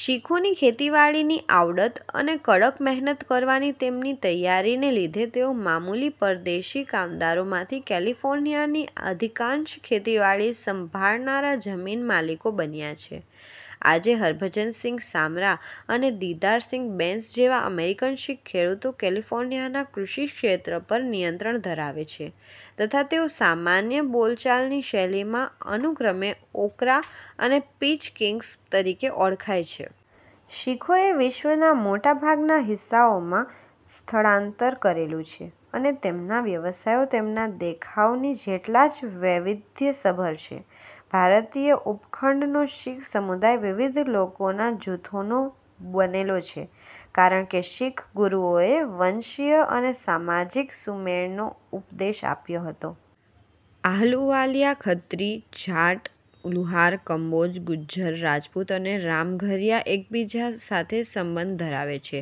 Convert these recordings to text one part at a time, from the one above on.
શીખોની ખેતીવાડીની આવડત અને કડક મહેનત કરવાની તેમની તૈયારીને લીધે તેઓ મામૂલી પરદેશી કામદારોમાંથી કેલિફોર્નિયાની અધિકાંશ ખેતીવાડી સંભાળનારા જમીન માલિકો બન્યાં છે. આજે હરભજનસિંઘ સામરા અને દિદારસિંઘ બૈંસ જેવા અમેરિકન શીખ ખેડૂતો કેલિફોર્નિયાના કૃષિક્ષેત્ર પર નિયંત્રણ ધરાવે છે તથા તેઓ સામાન્ય બોલચાલની શૈલીમાં અનુક્રમે "ઓકરા" અને "પીચ" કિંગ્સ તરીકે ઓળખાય છે. શીખોએ વિશ્વનાં મોટાભાગના હિસ્સાઓમાં સ્થળાંતર કરેલું છે અને તેમના વ્યવસાયો તેમનાં દેખાવની જેટલા જ વૈવિધ્યસભર છે. ભારતીય ઉપખંડનો શીખ સમુદાય વિવિધ લોકોના જૂથોનો બનેલો છે કારણકે શીખ ગુરુઓએ વંશીય અને સામાજિક સુમેળનો ઉપદેશ આપ્યો હતો. આહલુવાલિયા, ખત્રી, જાટ, લુહાર, કંબોજ, ગુજ્જર, રાજપુત અને રામઘરિયા એકબીજા સાથે સંબંધ ધરાવે છે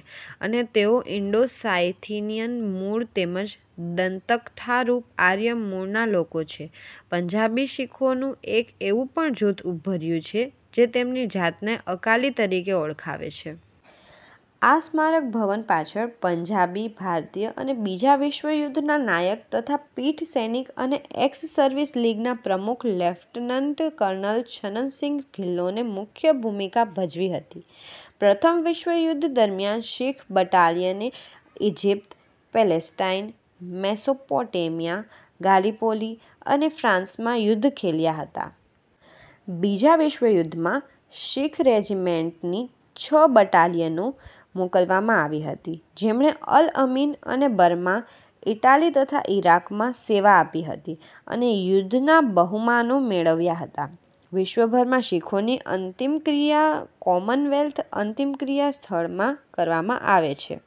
અને તેઓ ઈન્ડો-સાયથિનીયન મૂળ તેમજ દંતકથારૂપ આર્ય મૂળના લોકો છે. પંજાબી શીખોનું એક એવુ પણ જૂથ ઉભર્યુ છે જે તેમની જાતને અકાલી તરીકે ઓળખાવે છે. આ સ્મારક ભવન પાછળ પંજાબી ભારતીય અને બીજા વિશ્વયુદ્ધનાં નાયક તથા પીઢ સૈનિક અને એક્સ-સર્વિસ લીગ નાં પ્રમુખ લેફ્ટનન્ટ કર્નલ છનન સિંઘ ધિલ્લોને મુખ્ય ભૂમિકા ભજવી હતી. પ્રથમ વિશ્વયુદ્ધ દરમિયાન, શીખ બટાલિયને ઈજિપ્ત, પેલેસ્ટાઈન, મેસોપોટેમિયા, ગાલીપોલી અને ફ્રાન્સમાં યુદ્ધ ખેલ્યાં હતા. બીજા વિશ્વયુદ્ધમાં શીખ રેજિમેન્ટની છ બટાલિયનો મોકલવામાં આવી હતી, જેમણે અલ અમીન અને બર્મા, ઈટાલી તથા ઈરાકમાં સેવા આપી હતી અને યુદ્ધના બહુમાનો મેળવ્યાં હતા. વિશ્વભરમાં શીખોની અંતિમક્રિયા કોમનવેલ્થ અંતિમક્રિયા સ્થળમાં કરવામાં આવે છે.